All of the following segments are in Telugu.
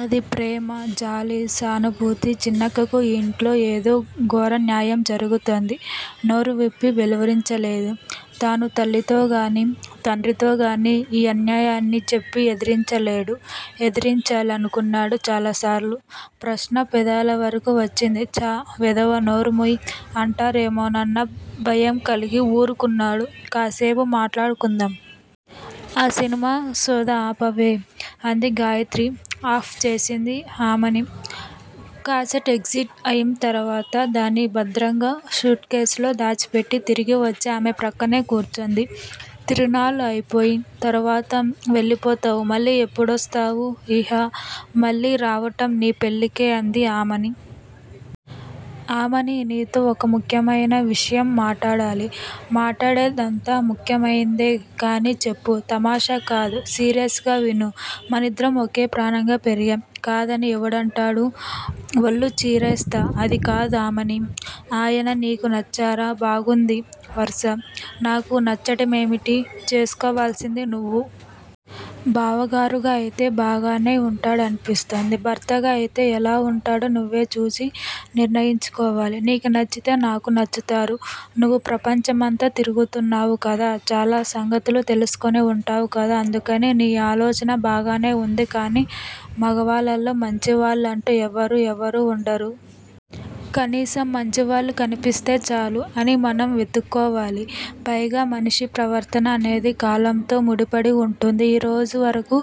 అది ప్రేమ, జాలి, సానుభూతి చిన్నక్కకు ఈ ఇంట్లో ఏదో ఘోరాన్యాయం జరుగుతుంది. నోరువిప్పి వెలువరించలేదు. తాను తల్లితోగానీ, తండ్రితోగానీ ఈ అన్యాయాన్ని చెప్పి ఎదిరించలేడు. ఎదిరించాలి అనుకున్నాడు చాలాసార్లు. ప్రశ్న పెదాలవరకూ వచ్చింది. ఛా! వెధవా, నోర్ముయ్ అంటారేమోనన్న భయంకలిగి ఊరుకున్నాడు. కాస్సేపు మాట్లాడుకుందాం. ఆ సినిమా సొద ఆపవే! అంది గాయత్రి. ఆఫ్ చేసింది ఆమని. కాసట్ ఎజెక్ట్ అయిం తరువాత దాన్ని భద్రంగా సూట్ కేస్ లో దాచిపెట్టి తిరిగి వచ్చి ఆమె ప్రక్కనే కూర్చుంది. తిరునాళ్ళు అయిపోయిం తరువాత వెళ్ళిపోతావు. మళ్ళీ ఎప్పుడొస్తావు? ఇహ మళ్ళీ రావటం నీ పెళ్ళికే అంది ఆమని. ఆమనీ! నీతో ఒక ముఖ్యమయిన విషయం మాటాడాలి! మాటాడేదంతా ముఖ్యమయిందే కాని చెప్పు! తమాషా కాదు. సీరియస్ గా విను! మనిద్దరం ఒకే ప్రాణంగా పెరిగాం. కాదని ఎవడంటాడు. ఒళ్ళు చీరేస్తా! అదికాదు ఆమనీ! ఆయన నీకు నచ్చారా? బాగుంది వరుస! నాకు నచ్చటమేమిటి? చేసుకోవాల్సింది నువ్వు! బావగారుగా అయితే బాగానే ఉంటాడనిపిస్తోంది. భర్తగా అయితే ఎలా వుంటాడో నువ్వే చూచి నిర్ణయించుకోవాలి. నీకు నచ్చితే నాకూ నచ్చుతారు. నువ్వు ప్రపంచమంతా తిరుగుతున్నావు కదా! చాలా సంగతులు తెలుసుకుని ఉంటావు కదా అందుకని! నీ ఆలోచన బాగానే ఉంది కాని మగవాళ్ళలో మంచివాళ్ళు అంటూ ఎవరూ ఎవరూ ఉండరు. కనీసం మంచివాళ్ళు కనిపిస్తే చాలు అని మనం వెతుక్కోవాలి. పైగా మనిషి ప్రవర్తన అనేది కాలంతో ముడిపడి వుంటుంది. ఈరోజు వరకు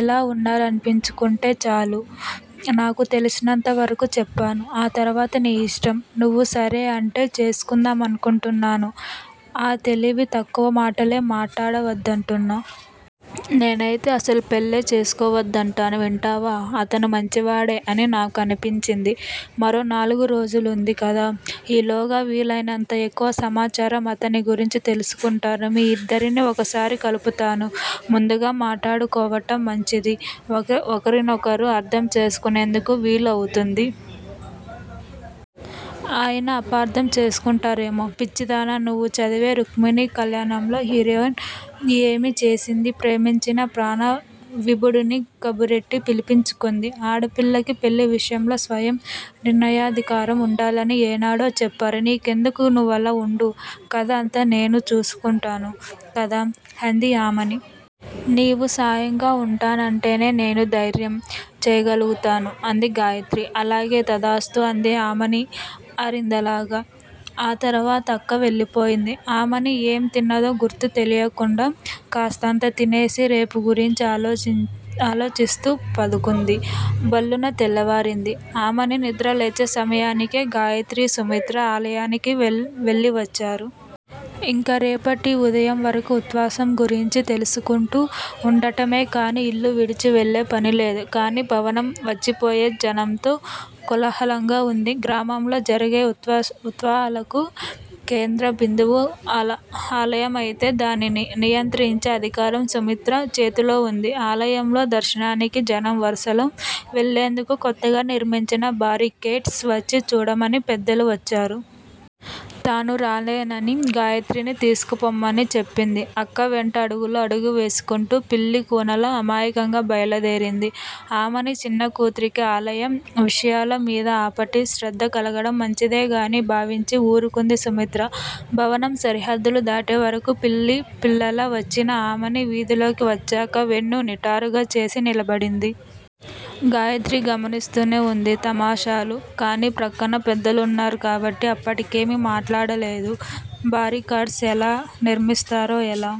ఎలా ఉన్నారనిపించుకుంటే చాలు?! నాకు తెలిసినంత వరకు చెప్పాను. ఆ తర్వాత నీ యిష్టం. నువ్వు సరే అంటే చేసుకుందామనుకుంటున్నాను. ఆ తెలివి తక్కువ మాటలే మాటాడ వద్దంటున్నా! నేనయితే అసలు పెళ్ళే చేసుకోవద్దంటాను వింటావా! అతను మంచివాడే అని నాకు అనిపించింది. మరో నాలుగు రోజులుంది కదా! ఈలోగా వీలయినంత ఎక్కువ సమాచారం అతన్ని గురించి తెలుసుకుంటాను. మీ ఇద్దరిని ఒకసారి కలుపుతాను. ముందుగా మాటాడుకోవటం మంచిది. ఒకరి నొకరు అర్ధం చేసుకునేందుకు వీలు అవుతుంది. ఆయన అపార్ధం చేసుకుంటారేమో! పిచ్చిదానా! నువ్వు చదివే రుక్మిణీ కళ్యాణంలో హీరోయిన్ ఏమి చేసింది. ప్రేమించిన ప్రాణవిభుడిని కబురెట్టి పిలిపించుకుంది. ఆడపిల్లకి పెళ్ళి విషయంలో స్వయం నిర్ణయాధికారం ఉండాలని ఏనాడో చెప్పారు. నీకెందుకు నువ్వలా ఉండు. కధ అంతా నేను చూచుకుంటాను కదా? అంది ఆమని. నీవు సాయంగా ఉంటానంటేనే నేను ధైర్యం చేయగలుగుతాను అంది గాయత్రి. అలాగే తధాస్తు అంది ఆమని ఆరిందలాగ! ఆ తరువాత అక్క వెళ్ళిపోయింది. ఆమని ఏం తిన్నదో గుర్తు తెలియకుండా కాస్తంత తినేసి రేపు గురించి ఆలోచిస్తూ పదుకుంది! భళ్ళున తెల్లవారింది! ఆమని నిద్రలేచే సమయానికే గాయత్రి, సుమిత్ర ఆలయానికి వెళ్ళివచ్చారు. ఇంక రేపటి ఉదయం వరకూ ఉత్సవం గురించి తెలుసుకుంటూ ఉండటమేకాని ఇల్లు విడిచి వెళ్ళే పనిలేదు. కాని భవనం వచ్చిపోయే జనంతో కోలాహలంగా ఉంది. గ్రామంలో జరిగే ఉత్సవాలకు కేంద్ర బిందువు ఆలయమైతే దాన్ని నియంత్రించే అధికారం సుమిత్ర చేతిలో ఉంది! ఆలయంలో దర్శనానికి జనం వరుసలో వెళ్ళేందుకు క్రొత్తగా నిర్మించిన బారికేడ్స్ వచ్చి చూడమని పెద్దలు వచ్చారు. తాను రాలేనని గాయత్రిని తీసుకుపొమ్మని చెప్పింది! అక్క వెంట అడుగులో అడుగువేసుకుంటూ పిల్లికూనలా అమాయకంగా బయలుదేరింది ఆమని! చిన్న కూతురికి ఆలయ విషయాల మీద ఆపాటి శ్రద్ధ కలగడం మంచిదిగానే భావించి ఊరుకుంది సుమిత్ర. భవనం సరిహద్దులు దాటే వరకూ పిల్లిపిల్లలా వచ్చిన ఆమని వీధిలోకి వచ్చాక వెన్ను నిటారుగా చేసి నిలబడింది. గాయత్రి గమనిస్తూనే ఉంది తమాషాలు. కాని ప్రక్కన పెద్దలున్నారు కాబట్టి అప్పటికేమీ మాటాడలేదు. బారికాడ్స్ ఎలా నిర్మిస్తారో ఎలా